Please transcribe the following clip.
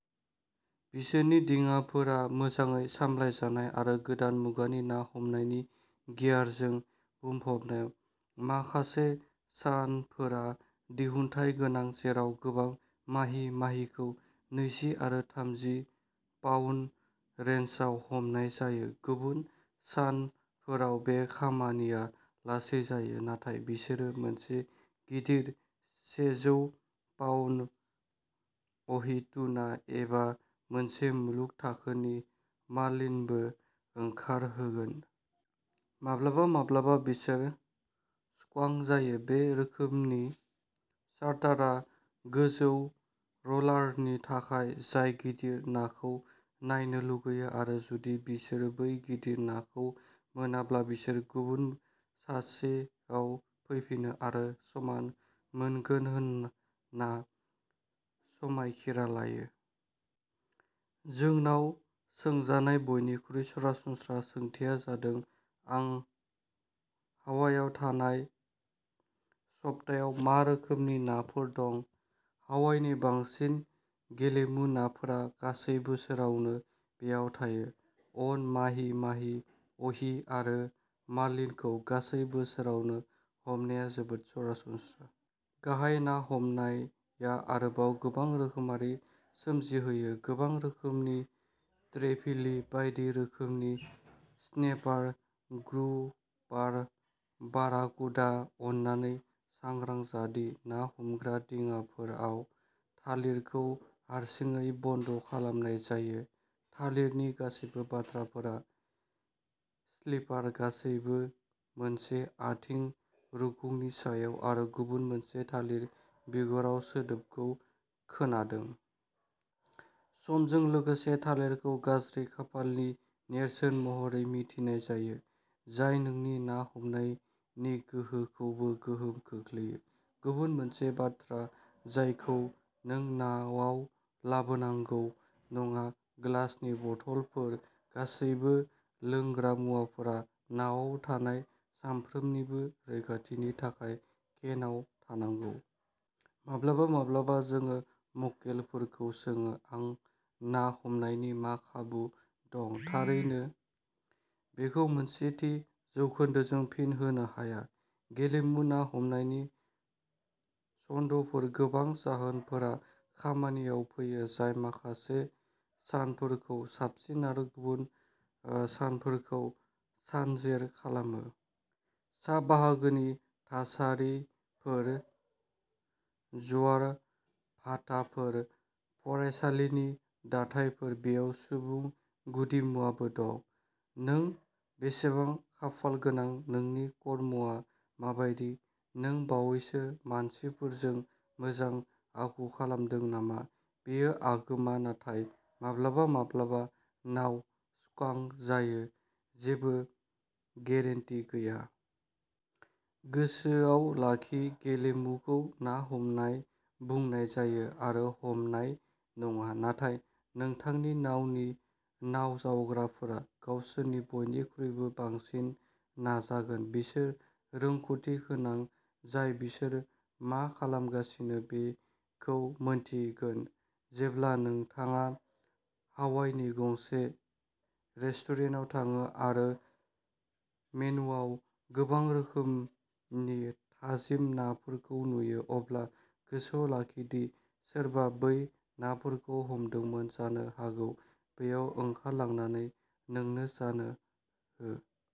बिसोरनि दिङाफोरा मोजाङै सामलायजानाय आरो गोदान मुगानि ना हमनायनि गियारजों बुंफबनाय। माखासे सानफोरा दिहुनथाय गोनां, जेराव गोबां माहि माहिखौ नैजि आरो थामजि पाउन्द रेन्जआव हमनाय जायो। गुबुन सानफोराव बे खामानिया लासै जायो, नाथाय बिसोरो मोनसे गिदिर सेजौ पाउन्द अहि टुना एबा मोनसे मुलुग थाखोनि मार्लिनबो ओंखारहोगोन। माब्लाबा माब्लाबा बिसोर स्कांक जायो। बे रोखोमनि चार्टारआ गोजौ र'लारनि थाखाय, जाय गिदिर नाखौ नायनो लुबैयो आरो जुदि बिसोर बै गिदिर नाखौ मोनाब्ला बिसोर गुबुन सानसेआव फैफिनो आरो समान मोनगोन होनना समायखिरा लायो। जोंनाव सोंजानाय बयनिख्रुइ सरासनस्रा सोंथिया जादों आं हावाइआव थानाय सप्तायाव मा रोखोमनि नाफोर दं? हावाइनि बांसिन गेलेमु नाफोरा गासै बोसोरावनो बेयाव थायो। अन', माहि माहि, अहि आरो मार्लिनखौ गासै बोसोरावनो हमनाया जोबोद सरासनस्रा। गाहाय ना हमनाया आरोबाव गोबां रोखोमारि सोमजिहोयो गोबां रोखोमनि ट्रेभेलि, बायदि रोखोमनि स्नेपार, ग्रुपार, बाराकुडा, अन्नानै सांग्रां जा दि ना हमग्रा दिङाफोराव थालिरखौ हारसिङै बन्द' खालामनाय जायो। थालिरनि गासैबो बाथ्राफोरा स्लिपार गासैबो मोनसे आथिं रुगुंनि सायाव आरो गुबुन मोनसे थालिर बिगुराव सोदोबखौ खोनादों। समजों लोगोसे थालिरखौ गाज्रि खाफालनि नेरसोन महरै मिथिनाय जायो, जाय नोंनि ना हमनायनि गोहोखौबो गोहोम खोख्लैयो। गुबुन मोनसे बाथ्रा जायखौ नों नावाव लाबोनांगौ नङा। ग्लासनि बथलफोर गासैबो लोंग्रा मुवाफोरा नावाव थानाय साफ्रोमनिबो रैखाथिनि थाखाय केनआव थानांगौ। माब्लाबा-माब्लाबा जों मक्केलफोरखौ सोङो आं ना हमनायनि मा खाबु दं? थारैनो बेखौ मोनसे थि जौखोन्दोजों फिन होनो हाया। गेलेमु ना हमनायनि सनदफोर, गोबां जाहोनफोरा खामानियाव फैयो जाय माखासे सानफोरखौ साबसिन आरो गुबुन ओ सानफोरखौ सानजेर खालामो। सा बाहागोनि थासारिफोर, ज्वार भाटाफोर, फरायसालिनि दाथायफोर। बेयाव सुबुं गुदिमुवाबो दं। नों बेसेबां खाफालगोनां? नोंनि कर्मआ माबायदि? नों बावैसो मानसिफोरजों मोजां आखु खालामदों नामा? बेयो आगोमा, नाथाय माब्लाबा-माब्लाबा नाव स्कांक जायो जेबो गेरेन्टि गैया। गोसोआव लाखि गेलेमुखौ ना हमनाय बुंनाय जायो आरो हमनाय नङा। नाथाय नोंथांनि नावनि नावजावग्राफोरा गावसोरनि बयनिख्रुइबो बांसिन नाजागोन। बिसोर रोंग'थि गोनां जाय बिसोर मा खालामगासिनो बेखौ मिन्थिगोन। जेब्ला नोंथाङा हावाइनि गंसे रेस्टुरेन्टाव थाङो आरो मेनुवाव गोबां रोखोमनि थाजिम नाफोरखौ नुयो, अब्ला गोसोआव लाखि दि सोरबा बै नाफोरखौ हमदोंमोन जानो हागौ बैयाव ओंखारलांनानै नोंनो जानो हो!